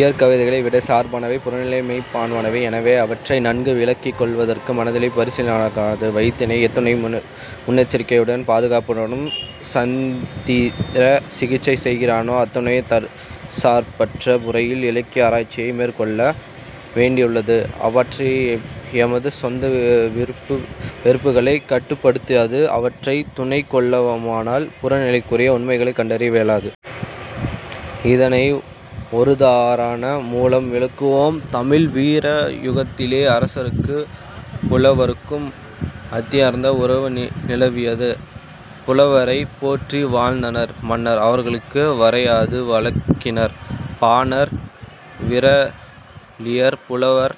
இயக்கவிதிகள் விடயச் சார்பானவை; புறநிலை மெய்ம்மையானவை. எனவே அவற்றை நன்கு விளக்கிக் கொள்ளுவதற்கு மனத்திலே பசையிருத்தலாகாது. வைத்தியன் எத்துணை முன்னெச்சரிக்கையுடனும், பாதுகாப்புடனும் சத்திர சிகிச்சை செய்கின்றானோ அத்துணை தற்சார்பற்ற முறையில் இலக்கிய ஆராய்ச்சியை மேற்கொள்ள வேண்டியுள்ளது. அவ்வாறன்றி எமது சொந்த விருப்பு வெறுப்புகளைக் கட்டுப்படுத்தாது அவற்றைத் துணைக் கொள்வோமானால் புறநிலைக்குரிய உண்மைகளைக் கண்டறிய வியலாது. இதனை ஒருதாரண மூலம் விளக்குவோம். தமிழ் வீர யுகத்திலே அரசருக்கும் புலவருக்கும் அத்தியந்த உறவு நிலவியது. புலவரைப் போற்றி வாழ்ந்தனர் மன்னர். அவர்களுக்கு வரையாது வழங்கினர். பாணர், விறலியர், புலவர்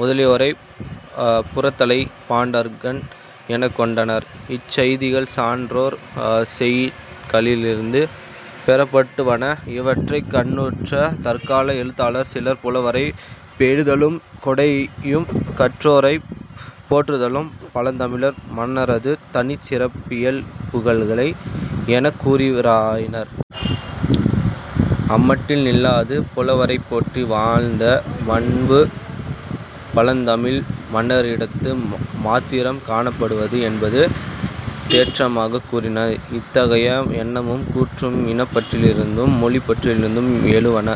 முதலியோரைப் புரத்தலைப் பாண்டகன் எனக் கொண்டனர். இச் செய்திகள் சான்றோர் செய்யுட்களிலிருந்து பெறப்படுவன. இவற்றைக் கண்ணுற்ற தற்கால எழுத்தாளர் சிலர் புலவரைப் பேணுதலும் கொடையும் கற்றோரைப் போற்றுதலும் பழந்தமிழ் மன்னரது தனிச் சிறப்பியல்புகள் எனக் கூறவராயினர். அம்மட்டில் நில்லாது புலவரைப்போற்றி வாழ்ந்த பண்பு பழந்தமிழ் மன்னரிடத்து மாத்திரம் காணப்படுவது என்றும் தேற்றமாகக் கூறினர். இத்தகைய எண்ணமும் கூற்றும் இனப்பற்றிலிருந்தும் மொழிப்பற்றிலிருந்தும் எழுவன.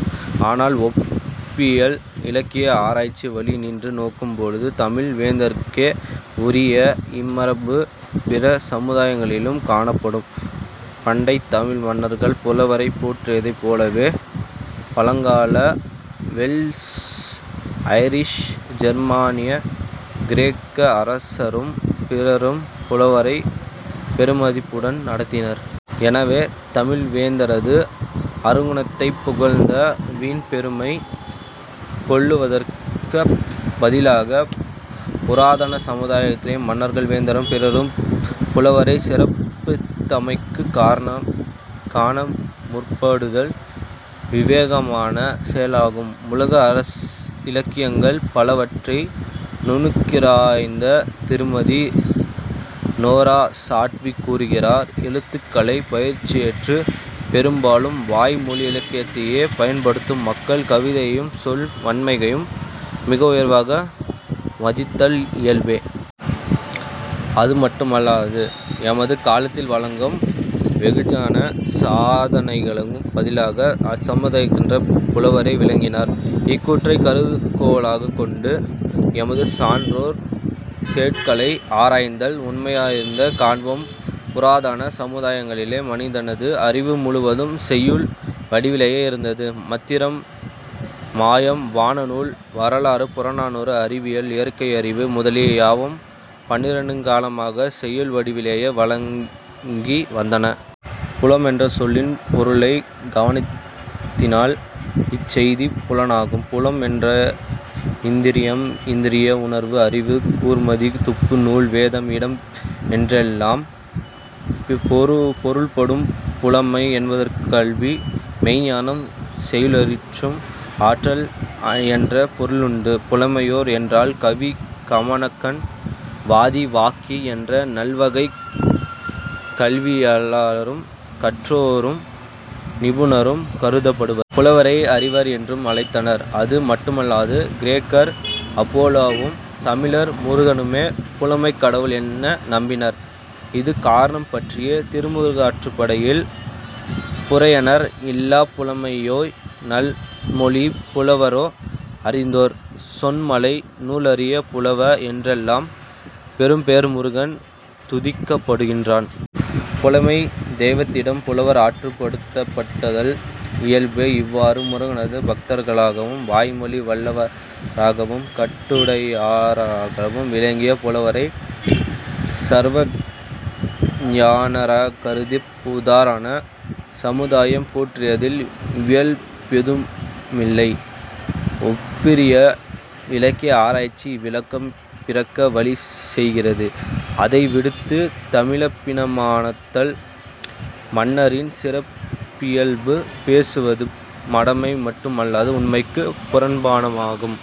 ஆனால் ஒப்பியல் இலக்கிய ஆராய்ச்சி வழி நின்று நோக்கும்போது தமிழ் வேந்தர்க்கே உரிய இம்மரபு பிற சமுதாயங்களிலும் காணப்படும். பண்டைத் தமிழ் மன்னர்கள் புலவரைப் போற்றியதைப் போலவே பழங்கால வெல்ஷ், ஐரிஷ், ஜெர்மானிய, கிரேக்க அரசரும் பிறரும் புலவரைப் பெருமதிப்புடன் நடாத்தினர். எனவே தமிழ் வேந்தரது அருங்குணத்தைப் புகழ்ந்து வீண் பெருமை கொள்ளுவதற்கப் பதிலாகப் புராதன சமுதாயங்களிலே மண்ணாள் வேந்தரும் பிறரும் புலவரைச் சிறப்பித்தமைக்குக் காரணம் காண முற்படுதல் விவேகமான செயலாகும். உலக இலக்கியங்கள் பலவற்றை நுணுகியாராய்ந்த திருமதி. நோரா சாட்விக் கூறுகிறார்: எழுத்துக்கலைப் பயிற்சியற்றுப் பெரும்பாலும் வாய் மொழி இலக்கியத்தையே பயன்படுத்தும் மக்கள் கவிதையையும் சொல் வன்மையையும் மிக உயர்வாக மதித்தல் இயல்பே. அது மட்டுமல்லாது எமது காலத்தில் வழங்கும் வெகுஜன சாதனங்களுக்குப் பதிலாக அச்சமுதாயங்களிற் புலவரே விளங்கினர். இக்கூற்றைக் கருதுகோளாகக் கொண்டு எமது சான்றோர் செய்யுட்களை ஆராய்ந்தால் உண்மையாயிருக்கக் காண்போம். புராதன சமுதாயங்களிலே மனிதனது அறிவு முழுவதும் செய்யுள் வடிவிலேயே இருந்தது. மந்திரம், மாயம், வானநூல், வரலாறு, புராணம், அறிவியல், இயற்கையறிவு முதலிய யாவும் பன்னெடுங்காலமாகச் செய்யுள் வடிவிலேயே வழங்கி வந்தன. புலம் என்ற சொல்லின் பொருளைக் கவனித்தால் இச்செய்தி புலனாகும். புலம் என்றால் இந்திரியம், இந்திரிய உணர்வு, அறிவு, கூர்மதி, துப்பு, நூல், வேதம், இடம் என்றெல்லாம் பொருள்படும். புலமை என்பதற்குக் கல்வி, மெய்ஞ்ஞானம் செய்யுளியற்றும் ஆற்றல் என்ற பொருளுண்டு. புலமையோர் என்றால் கவி, கமகன், வாதி, வாக்கி என்ற நால்வகைக் கல்வியாளரும், கற்றோரும், நிபுணரும் கருதப்படுவர். புலவரை அறிவர் என்றும் அழைத்தனர். அது மட்டுமல்லாது கிரேக்கர் அபோலோவும், தமிழர் முருகனுமே புலமைக் கடவுளர் என நம்பினர். இது காரணம் பற்றியே திருமுருகாற்றுப்படையில், "புரையநர் இல்லாப் புலமையோய்", "நன்மொழிப் புலவரேறே", "அறிந்தோர் சொன் மலை", "நூலறி புலவ" என்றெல்லாம் பெரும் பெயர் முருகன் துதிக்கப்படுகின்றான். புலமைத் தெய்வத்திடம் புலவர் ஆற்றுப் படுத்தப்படுதல் இயல்பே. இவ்வாறு முருகனது பக்தர்களாகவும் வாய்மொழி வல்லவராகவும் கட்டுரையாளராகவும் விளங்கிய புலவரைச் சர்வக்ஞராகக் கருதிப் புராதன சமுதாயம் போற்றியதில் வியப்பெதுவுமில்லை. ஒப்பியல் இலக்கிய ஆராய்ச்சி இவ்விளக்கம் பிறக்க வழி செய்கிறது. அதை விடுத்துத் தமிழபிமானத்தால் மன்னரின் சிறப்பியல்பு பேசுவது மடமை மட்டு மல்லாது உண்மைக்குப் புறம்பானதுமாகும்.